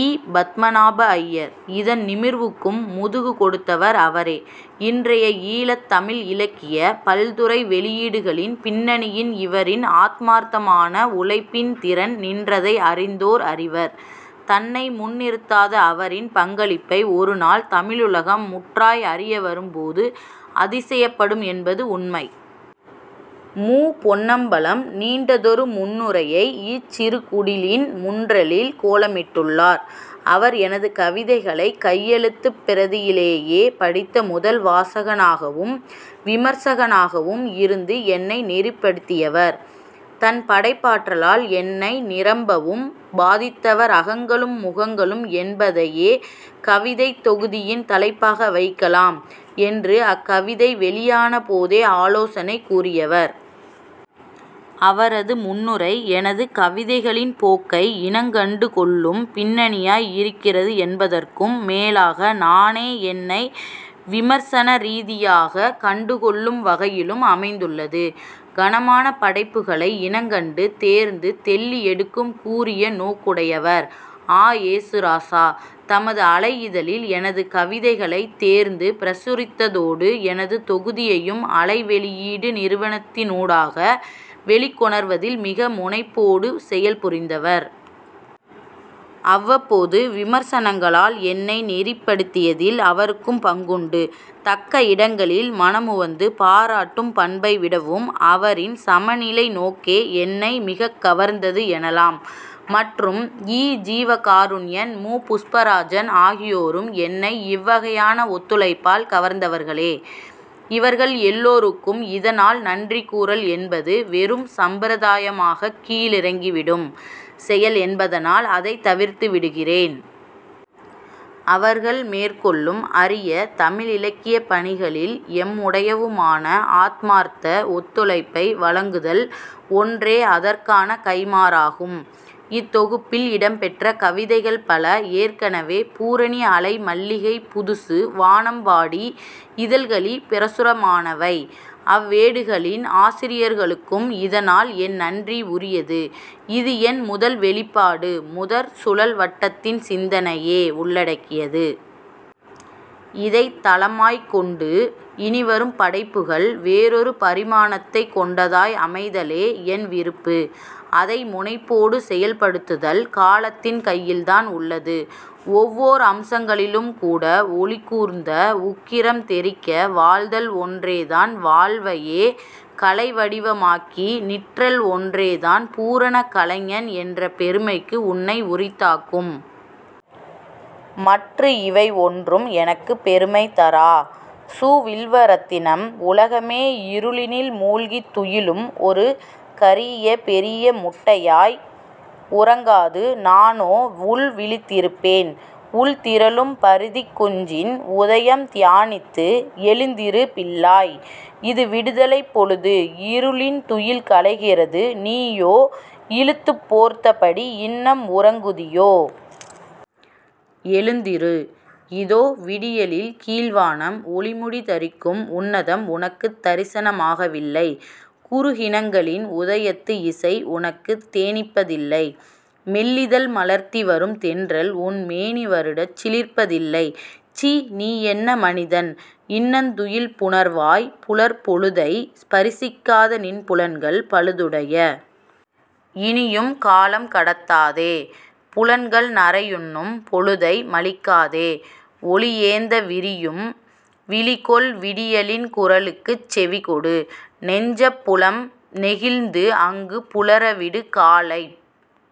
இ பத்மநாப ஐயர் இதன் நிமிர்வுக்கும் முதுகு கொடுத்தவர் அவரே இன்றைய ஈழத் தமிழ் இலக்கிய பல்துறை வெளியீடுகளின் பின்னணியின் இவரின் ஆத்மார்த்தமான உழைப்பின் திறன் நின்றதை அறிந்தோர் அறிவர். தன்னை முன்னிறுத்தாத அவரின் பங்களிப்பை ஒருநாள் தமிழுலகம் முற்றாய் அறியவரும்போது அதிசயப்படும் என்பது உண்மை. மு. பொன்னம்பலம் நீண்டதொரு முன்னுரையை இச் சிறுகுடிலின் முன்றலில் கோலமிட்டுள்ளார். அவர் எனது கவிதைகளைக் கையெழுத்துப் பிரதியிலேயே படித்த முதல் வாசகனாகவும் விமர்சகனாகவும் இருந்து என்னை நெறிப்படுத்தியவர். தன் படைப்பாற்றலால் என்னை நிரம்பவும் பாதித்தவர் அகங்களும் முகங்களும் என்பதையே கவிதைத் தொகுதியின் தலைப்பாக வைக்கலாம் என்று அக் கவிதை வெளியான போதே ஆலோசனை கூறியவர். அவரது முன்னுரை எனது கவிதைகளின் போக்கை இனங்கண்டு கொள்ளும் பின்னணியாய் இருக்கிறது என்பதற்கும் மேலாக நானே என்னை விமர்சன ரீதியாகக் கண்டுகொள்ளும் வகையிலும் அமைந்துள்ளது. கனமான படைப்புகளை இனங்கண்டு தேர்ந்து தெள்ளி எடுக்கும் கூரிய நோக்குடையவர் அ. யேசுராசா. தமது அலை இதழில் எனது கவிதைகளைத் தேர்ந்து பிரசுரித்ததோடு எனது தொகுதியையும் அலை வெளியீடு நிறுவனத்தினூடாக வெளிக் கொணர்வதில் மிக முனைப்போடு செயல்புரிந்தவர். அவ்வப்போது விமர்சனங்களால் என்னை நெறிப்படுத்தியதில் அவருக்கும் பங்குண்டு. தக்க இடங்களில் மனமுவந்து பாராட்டும் பண்பைவிடவும் அவரின் சமநிலை நோக்கே என்னை மிகக் கவர்ந்தது எனலாம் மற்றும் இ. ஜீவகாருண்யன் மு. புஷ்பராஜன் ஆகியோரும் என்னை இவ்வகையான ஒத்துழைப்பால் கவர்ந்தவர்களே. இவர்கள் எல்லோருக்கும் இதனால் நன்றி கூறல் என்பது வெறும் சம்பிரதாயமாகக் கீழிறங்கிவிடும் செயல் என்பதனால் அதைத் தவிர்த்துவிடுகிறேன். அவர்கள் மேற்கொள்ளும் அரிய தமிழ் இலக்கியப்பணிகளில் எம்முடையவுமான ஆத்மார்த்த ஒத்துழைப்பை வழங்குதல் ஒன்றே அதற்கான கைமாறாகும். இத்தொகுப்பில் இடம்பெற்ற கவிதைகள் பல ஏற்கனவே பூரணி அலை மல்லிகை புதுசு வானம்பாடி இதழ்களி பிரசுரமானவை. அவ்வேடுகளின் ஆசிரியர்களுக்கும் இதனால் என் நன்றி உரியது. இது என் முதல் வெளிப்பாடு முதற் சுழல் வட்டத்தின் சிந்தனையே உள்ளடக்கியது. இதைத் தளமாய்க்கொண்டு இனிவரும் படைப்புகள் வேறொரு பரிமாணத்தைக் கொண்டதாய் அமைதலே என் விருப்பு. அதை முனைப்போடு செயல்படுத்துதல் காலத்தின் கையில்தான் உள்ளது. ஒவ்வோர் அம்சங்களிலும்கூட ஒளிகூர்ந்த உக்கிரம் தெறிக்க வாழ்தல் ஒன்றேதான் வாழ்வையே கலை வடிவமாக்கி நிற்றல் ஒன்றேதான் பூரண கலைஞன் என்ற பெருமைக்கு என்னை உரித்தாக்கும். மற்று இவை ஒன்றும் எனக்குப் பெருமை தரா சு வில்வரத்தினம் உலகமே இருளினுள் மூழ்கித் துயிலும் ஒரு கரீய பெரீய முட்டையாய். உறங்காது நானோ உள்விழித்திருப்பேன். உள்திரளும் பரிதிக் குஞ்சின் உதயம் தியானித்து எழுந்திரு பிள்ளாய் இது விடுதலைப் பொழுது இருளின் துயில் கலைகிறது நீயோ இழுத்துப் போர்த்தபடி இன்னம் உறங்குதியோ எழுந்திரு. இதோ விடியலில் கீழ் வானம் ஒளிமுடி தரிக்கும் உன்னதம் உனக்குத் தரிசனமாகவில்லை. குருகினங்களின் உதயத்து இசை உனக்குத் தேனிப்பதில்லை. மெல்லிதழ் மலர்த்தி வரும் தென்றல் உன் மேனி வருடச் சிலிர்ப்பதில்லை. சீ! நீ என்ன மனிதன் இன்னந் துயில் புணர்வாய் புலர் பொழுதை ஸ்பரிசிக்காத நின் புலன்கள் பழுதுடைய. இனியும் காலம் கடத்தாதே புலன்கள் நறையுண்ணும் பொழுதை மழிக்காதே. ஒலியேந்தவிரியும் விழிகொள் விடியலின் குரலுக்குச் செவிகொடு. நெஞ்சப்புலம் நெகிழ்ந்து அங்கு புலரவிடு காலைப்